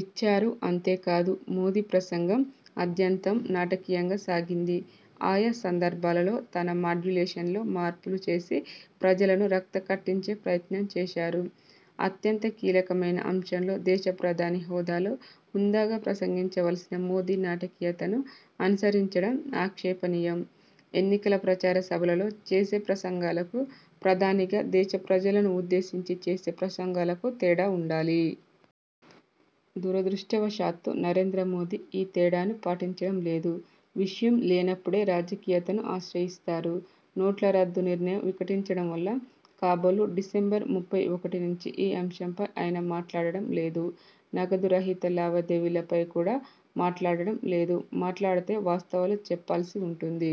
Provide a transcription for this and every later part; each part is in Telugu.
ఇచ్చారు. అంతే కాదు.. మోదీ ప్రసంగం ఆద్యంతం నాటకీయంగా సాగింది. ఆయా సందర్భాలలో తన మాడ్యులేషన్లో మార్పులు చేసి ప్రజలను రక్తి కట్టించే ప్రయత్నంచేశారు. అత్యంత కీలకమైన అంశంలో దేశ ప్రధాని హోదాలో హుందాగా ప్రసంగించవలసిన మోదీ నాటకీయతను అనుసరించడం ఆక్షేపణీయం. ఎన్నికల ప్రచార సభలలో చేసే ప్రసంగాలకు, ప్రధానిగా దేశ ప్రజలను ఉద్దేశించి చేసే ప్రసంగాలకు తేడా ఉండాలి. దురదృష్టవశాత్తూ నరేంద్ర మోదీ ఈ తేడాను పాటించడం లేదు. విషయం లేనప్పుడే నాటకీయతను ఆశ్రయిస్తారు. నోట్ల రద్దు నిర్ణయం వికటించడం వల్ల కాబోలు, డిసెంబరు ముప్పై ఒకటి నుంచి ఈ అంశంపై ఆయన మాట్లాడటం లేదు. నగదురహిత లావాదేవీల పై కూడా మాట్లాడటం లేదు. మాట్లాడితే వాస్తవాలు చెప్పాల్సి ఉంటుంది.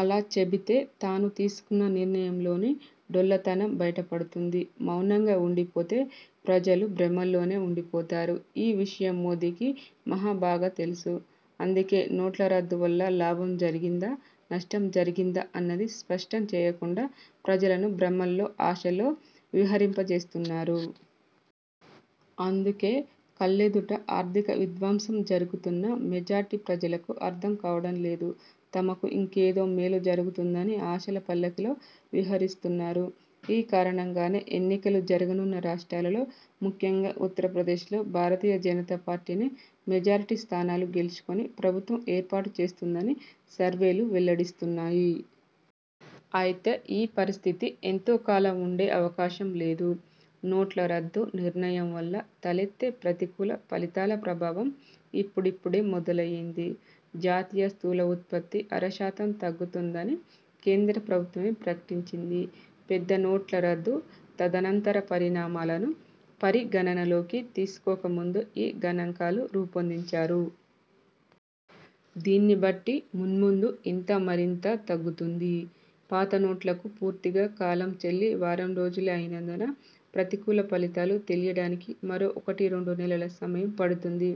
అలా చెబితే తాను తీసుకున్న నిర్ణయంలోని డొల్లతనం బయట పడుతుంది. మౌనంగా ఉండిపోతే ప్రజలు భ్రమల్లోనే ఉండిపోతారు. ఈ విషయం మోదీకి మహ బాగా తెలుసు. అందుకే నోట్ల రద్దు వల్ల లాభం జరిగిందా? నష్టం జరిగిందా? అన్నది స్పష్టం చేయకుండా ప్రజలను భ్రమల్లో, ఆశల్లో విహరింపజేస్తున్నారు. అందుకే కళ్లెదుట ఆర్థిక విధ్వంసం జరుగుతున్నా మెజారిటీ ప్రజలకు అర్థం కావడం లేదు. తమకు ఇంకేదో మేలు జరుగుతుందని ఆశల పల్లకిలో విహరిస్తున్నారు. ఈ కారణంగానే ఎన్నికలు జరగనున్న రాష్ట్రాలలో, ముఖ్యంగా ఉత్తరప్రదేశ్లో భారతీయ జనతా పార్టీనే మెజారిటీ స్థానాలు గెలుచుకుని ప్రభుత్వం ఏర్పాటుచేస్తుందని సర్వేలు వెల్లడిస్తున్నాయి. అయితే ఈ పరిస్థితి ఎంతో కాలం ఉండే అవకాశం లేదు. నోట్ల రద్దు నిర్ణయం వల్ల తలెత్తే ప్రతికూల ఫలితాల ప్రభావం ఇప్పుడిప్పుడే మొదలయ్యింది. జాతీయ స్థూల ఉత్పత్తి అర శాతం తగ్గుతోందని కేంద్ర ప్రభుత్వమే ప్రకటించింది. పెద్దనోట్ల రద్దు తదనంతర పరిణామాలను పరిగణనలోకి తీసుకోక ముందు ఈ గణాంకాలు రూపొందించారు. దీన్ని బట్టి మున్ముందు ఇది మరింత తగ్గుతుంది. పాత నోట్లకు పూర్తిగా కాలం చెల్లి వారం రోజులే అయినందున ప్రతికూల ఫలితాలు తెలియడానికి మరో ఒకటి రెండు నెలల సమయం పడుతుంది.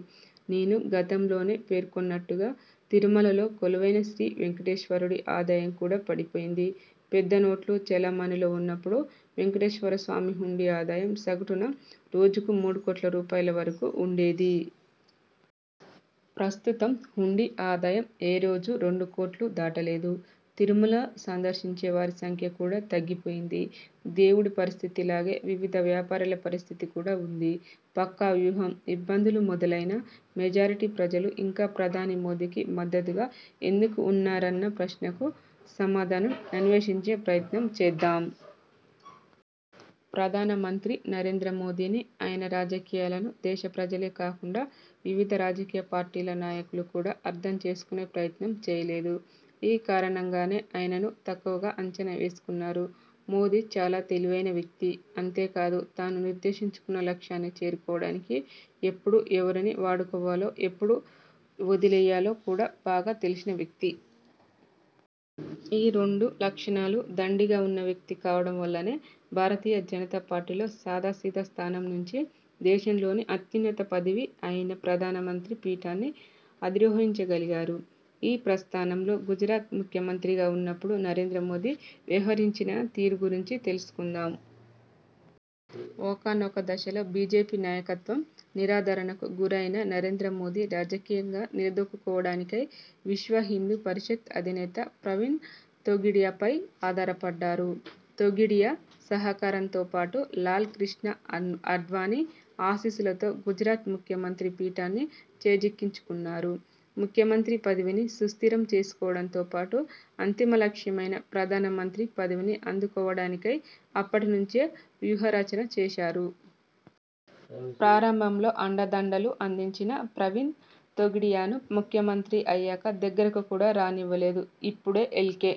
నేను గతంలోనే పేర్కొన్నట్టుగా తిరుమలలో కొలువైన శ్రీవేంకటేశ్వరుడి ఆదాయం కూడా పడిపోయింది. పెద్ద నోట్లు చలామణిలో ఉన్నప్పుడు వేంకటేశ్వరస్వామి హుండీ ఆదాయం సగటున రోజుకు మూడు కోట్ల రూపాయల వరకు ఉండేది. ప్రస్తుతం హుండీ ఆదాయం ఏ రోజూ రెండు కోట్లు దాటలేదు. తిరుమల సందర్శించే వారి సంఖ్య కూడా తగ్గిపోయింది. దేవుడి పరిస్థితి లాగే వివిధ వ్యాపారాల పరిస్థితి కూడా ఉంది. పక్కా వ్యూహం! ఇబ్బందులు మొదలైనా మెజారిటీ ప్రజలు ఇంకా ప్రధాని మోదీకి మద్దతుగా ఎందుకు ఉన్నారన్న ప్రశ్నకు సమాధానం అన్వేషించే ప్రయత్నం చేద్దాం. ప్రధానమంత్రి నరేంద్ర మోదీని, ఆయన రాజకీయాలను దేశ ప్రజలే కాకుండా వివిధ రాజకీయ పార్టీల నాయకులు కూడా అర్థం చేసుకునే ప్రయత్నం చేయలేదు. ఈ కారణంగానే ఆయనను తక్కువగా అంచనా వేసుకున్నారు. మోదీ చాలా తెలివైన వ్యక్తి. అంతేకాదు తాను నిర్దేశించుకున్న లక్ష్యాన్ని చేరుకోవడానికి ఎప్పుడు ఎవరిని వాడుకోవాలో, ఎప్పుడు వదిలేయాలో కూడా బాగా తెలిసిన వ్యక్తి. ఈ రెండు లక్షణాలూ దండిగా ఉన్న వ్యక్తి కావడం వల్లనే భారతీయ జనతా పార్టీలో సాదా సీదా స్థానం నుంచి దేశంలోని అత్యున్నత పదవి అయిన ప్రధాన మంత్రి పీఠాన్ని అధిరోహించగలిగారు. ఈ ప్రస్థానంలో గుజరాత్ ముఖ్యమంత్రిగా ఉన్నప్పుడు నరేంద్ర మోదీ వ్యవహరించిన తీరు గురించి తెలుసుకుందాం. ఒకానొక దశలో బీజేపీ నాయకత్వం నిరాదరణకు గురైన నరేంద్ర మోదీ రాజకీయంగా నిలదొక్కుకోవడానికై విశ్వ హిందూ పరిషత్ అధినేత ప్రవీణ్ తొగాడియా పై ఆధారపడ్డారు. తొగాడియా సహకారంతో పాటు లాల్ కృష్ణ ఆడ్వాణీ ఆశీస్సులతో గుజరాత్ ముఖ్యమంత్రి పీఠాన్ని చేజిక్కించుకున్నారు. ముఖ్యమంత్రి పదవిని సుస్థిరం చేసుకోవడంతో పాటు అంతిమ లక్ష్యమైన ప్రధానమంత్రి పదవిని అందుకోవడానికై అప్పటి నుంచే వ్యూహరచన చేశారు. ప్రారంభంలో అండదండలు అందించిన ప్రవీణ్ తొగాడియాను ముఖ్యమంత్రి అయ్యాక దగ్గరకు కూడా రానివ్వలేదు. ఇప్పుడు ఎల్. కె.